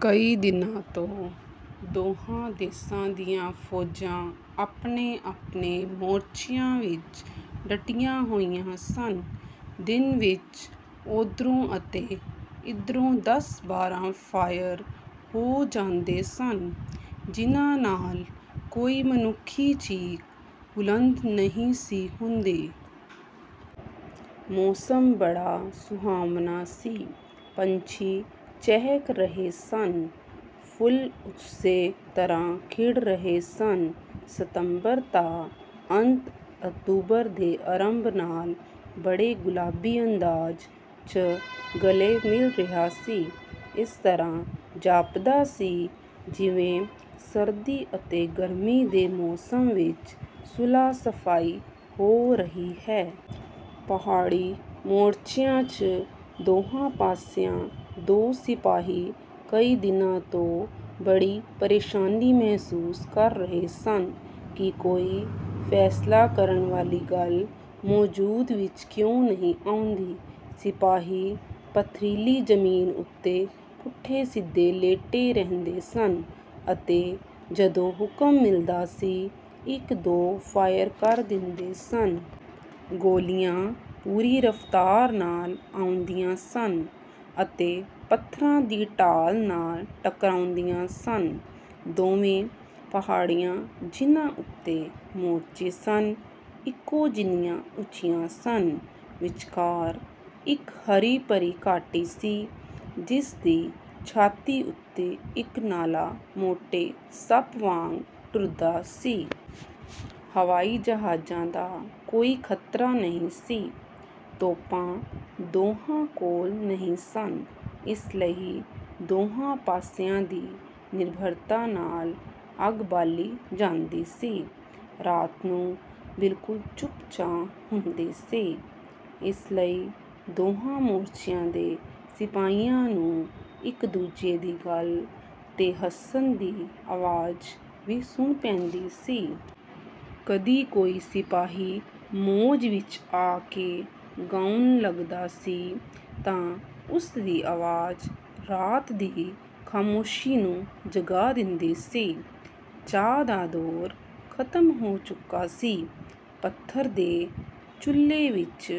ਕਈ ਦਿਨਾਂ ਤੋਂ ਦੋਹਾਂ ਦੇਸ਼ਾਂ ਦੀਆਂ ਫੌਜਾਂ ਆਪਣੇ-ਆਪਣੇ ਮੋਰਚਿਆਂ ਵਿਚ ਡਟੀਆਂ ਹੋਈਆਂ ਸਨ। ਦਿਨ ਵਿਚ ਓਧਰੋਂ ਅਤੇ ਇਧਰੋਂ ਦਸ ਬਾਰਾਂ ਫ਼ਾਇਰ ਹੋ ਜਾਂਦੇ ਸਨ, ਜਿਨ੍ਹਾਂ ਨਾਲ ਕੋਈ ਮਨੁੱਖੀ ਚੀਕ ਬੁਲੰਦ ਨਹੀਂ ਸੀ ਹੁੰਦੀ। ਮੌਸਮ ਬੜਾ ਸੁਹਾਵਣਾ ਸੀ। ਪੰਛੀ ਚਹਿਕ ਰਹੇ ਸਨ। ਫੁੱਲ ਉਸੇ ਤਰ੍ਹਾਂ ਖਿੜ ਰਹੇ ਸਨ। ਸਤੰਬਰ ਦਾ ਅੰਤ ਅਕਤੂਬਰ ਦੇ ਅਰੰਭ ਨਾਲ ਬੜੇ ਗੁਲਾਬੀ ਅੰਦਾਜ਼ ਚ ਗਲੇ ਮਿਲ ਰਿਹਾ ਸੀ। ਇਸ ਤਰ੍ਹਾਂ ਜਾਪਦਾ ਸੀ ਜਿਵੇਂ ਸਰਦੀ ਅਤੇ ਗਰਮੀ ਦੇ ਮੌਸਮ ਵਿਚ ਸੁਲਾਹ ਸਫਾਈ ਹੋ ਰਹੀ ਹੈ। ਪਹਾੜੀ ਮੋਰਚਿਆਂ ਚ ਦੋਹਾਂ ਪਾਸਿਆਂ ਦੇ ਸਿਪਾਹੀ ਕਈ ਦਿਨਾਂ ਤੋਂ ਬੜੀ ਪਰੇਸ਼ਾਨੀ ਮਹਿਸੂਸ ਕਰ ਰਹੇ ਸਨ ਕਿ ਕੋਈ ਫ਼ੈਸਲਾ ਕਰਨ ਵਾਲੀ ਗੱਲ ਮੌਜੂਦ ਵਿਚ ਕਿਉਂ ਨਹੀਂ ਆਉਂਦੀ? ਸਿਪਾਹੀ ਪੱਥਰੀਲੀ ਜ਼ਮੀਨ ਉਤੇ ਪੁੱਠੇ ਸਿੱਧੇ ਲੇਟੇ ਰਹਿੰਦੇ ਸਨ ਅਤੇ ਜਦੋਂ ਹੁਕਮ ਮਿਲਦਾ ਸੀ, ਇਕ ਦੋ ਫ਼ਾਇਰ ਕਰ ਦਿੰਦੇ ਸਨ। ਗੋਲੀਆਂ ਪੂਰੀ ਰਫ਼ਤਾਰ ਨਾਲ ਆਉਂਦੀਆਂ ਸਨ ਅਤੇ ਪੱਥਰਾਂ ਦੀ ਢਾਲ ਨਾਲ ਟਕਰਾਉਂਦੀਆਂ ਸਨ। ਦੋਵੇਂ ਪਹਾੜੀਆਂ, ਜਿਨ੍ਹਾਂ ਉਤੇ ਮੋਰਚੇ ਸਨ, ਇਕੋ ਜਿੰਨੀਆਂ ਉਚੀਆਂ ਸਨ। ਵਿਚਕਾਰ ਇਕ ਹਰੀ ਭਰੀ ਘਾਟੀ ਸੀ, ਜਿਸ ਦੀ ਛਾਤੀ ਉਤੇ ਇਕ ਨਾਲਾ ਮੋਟੇ ਸੱਪ ਵਾਗ ਟੁਰਦਾ ਸੀ। ਹਵਾਈ ਜਹਾਜਾਂ ਦਾ ਕੋਈ ਖ਼ਤਰਾ ਨਹੀਂ ਸੀ। ਤੋਪਾਂ ਦੋਹਾਂ ਕੋਲ ਨਹੀਂ ਸਨ। ਇਸ ਲਈ ਦੋਹਾਂ ਪਾਸਿਆਂ ਦੀ ਨਿਡਰਤਾ ਨਾਲ ਅੱਗ ਬਾਲੀ ਜਾਂਦੀ ਸੀ। ਰਾਤ ਨੂੰ ਬਿਲਕੁਲ ਚੁੱਪ-ਚਾਂ ਹੁੰਦੀ ਸੀ, ਇਸ ਲਈ ਦੋਹਾਂ ਮੋਰਚਿਆਂ ਦੇ ਸਿਪਾਹੀਆਂ ਨੂੰ ਇਕ ਦੂਜੇ ਦੀ ਗੱਲ 'ਤੇ ਹੱਸਣ ਦੀ ਆਵਾਜ਼ ਵੀ ਸੁਣ ਪੈਂਦੀ ਸੀ। ਕਦੀ ਕੋਈ ਸਿਪਾਹੀ ਮੌਜ ਵਿਚ ਆ ਕੇ ਗਾਉਣ ਲੱਗਦਾ ਸੀ ਤਾਂ ਉਸਦੀ ਆਵਾਜ਼ ਰਾਤ ਦੀ ਖ਼ਾਮੋਸ਼ੀ ਨੂੰ ਜਗਾ ਦਿੰਦੀ ਸੀ। ਚਾਹ ਦਾ ਦੌਰ ਖ਼ਤਮ ਹੋ ਚੁੱਕਾ ਸੀ। ਪੱਥਰ ਦੇ ਚੁੱਲ੍ਹੇ ਵਿਚ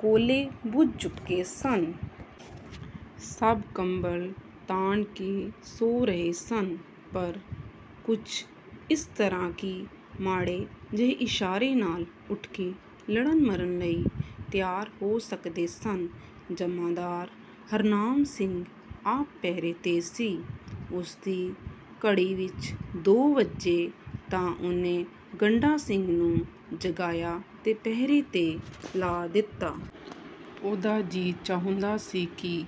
ਕੋਲੇ ਬੁਝ ਚੁੱਕੇ ਸਨ। ਸਭ ਕੰਬਲ ਤਾਣ ਕੇ ਸੌਂ ਰਹੇ ਸਨ, ਪਰ ਕੁੱਝ ਇਸ ਤਰ੍ਹਾਂ ਕਿ ਮਾੜੇ ਜਿਹੇ ਇਸ਼ਾਰੇ ਨਾਲ ਉਠ ਕੇ ਲੜਨ ਮਰਨ ਲਈ ਤਿਆਰ ਹੋ ਸਕਦੇ ਸਨ। ਜਮਾਂਦਾਰ ਹਰਨਾਮ ਸਿੰਘ ਆਪ ਪਹਿਰੇ 'ਤੇ ਸੀ। ਉਸ ਦੀ ਘੜੀ ਵਿਚ ਦੋ ਵੱਜੇ ਤਾਂ ਉਹਨੇ ਗੰਡਾ ਸਿੰਘ ਨੂੰ ਜਗਾਇਆ ਤੇ ਪਹਿਰੇ ਤੇ ਲਾ ਦਿੱਤਾ। ਉਹਦਾ ਜੀਅ ਚਾਹੁੰਦਾ ਸੀ ਕਿ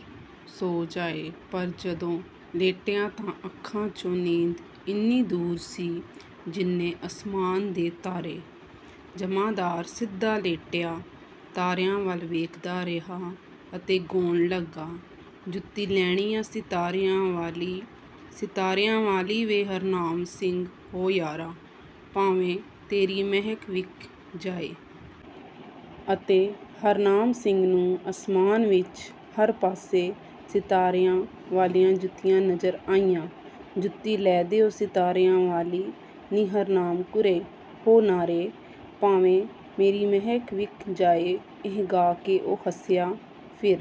ਸੌ ਜਾਏ, ਪਰ ਜਦੋਂ ਲੇਟਿਆ ਤਾਂ ਅੱਖਾਂ ਚੋਂ ਨੀਂਦ ਇੰਨੀ ਦੂਰ ਸੀ ਜਿੰਨੇ ਅਸਮਾਨ ਦੇ ਤਾਰੇ। ਜਮਾਂਦਾਰ ਸਿੱਧਾ ਲੇਟਿਆ ਤਾਰਿਆਂ ਵੱਲ ਵੇਖਦਾ ਰਿਹਾ, ਅਤੇ ਗੌਣ ਲੱਗਾ, "ਜੁੱਤੀ ਲੈਣੀ ਆ ਸਿਤਾਰਿਆਂ ਵਾਲੀ, ਸਿਤਾਰਿਆਂ ਵਾਲੀ ਵੇ ਹਰਨਾਮ ਸਿੰਘ ਹੋ ਯਾਰਾ, ਭਾਵੇਂ ਤੇਰੀ ਮਹਿੰ ਵਿਕ ਜਾਏ।" ਅਤੇ ਹਰਨਾਮ ਸਿੰਘ ਨੂੰ ਅਸਮਾਨ ਵਿਚ ਹਰ ਪਾਸੇ ਸਿਤਾਰਿਆਂ ਵਾਲੀਆਂ ਜੁੱਤੀਆਂ ਨਜ਼ਰ ਆਈਆਂ। ਜੁੱਤੀ ਲੈ ਦਿਉਂ ਸਿਤਾਰਿਆਂ ਵਾਲੀ ਨੀ ਹਰਨਾਮ ਕੁਰੇ, ਹੋ ਨਾਰੇ, ਭਾਵੇਂ ਮੇਰੀ ਮਹਿੰ ਵਿਕ ਜਾਏ। ਇਹ ਗਾ ਕੇ ਉਹ ਹੱਸਿਆ। ਫਿਰ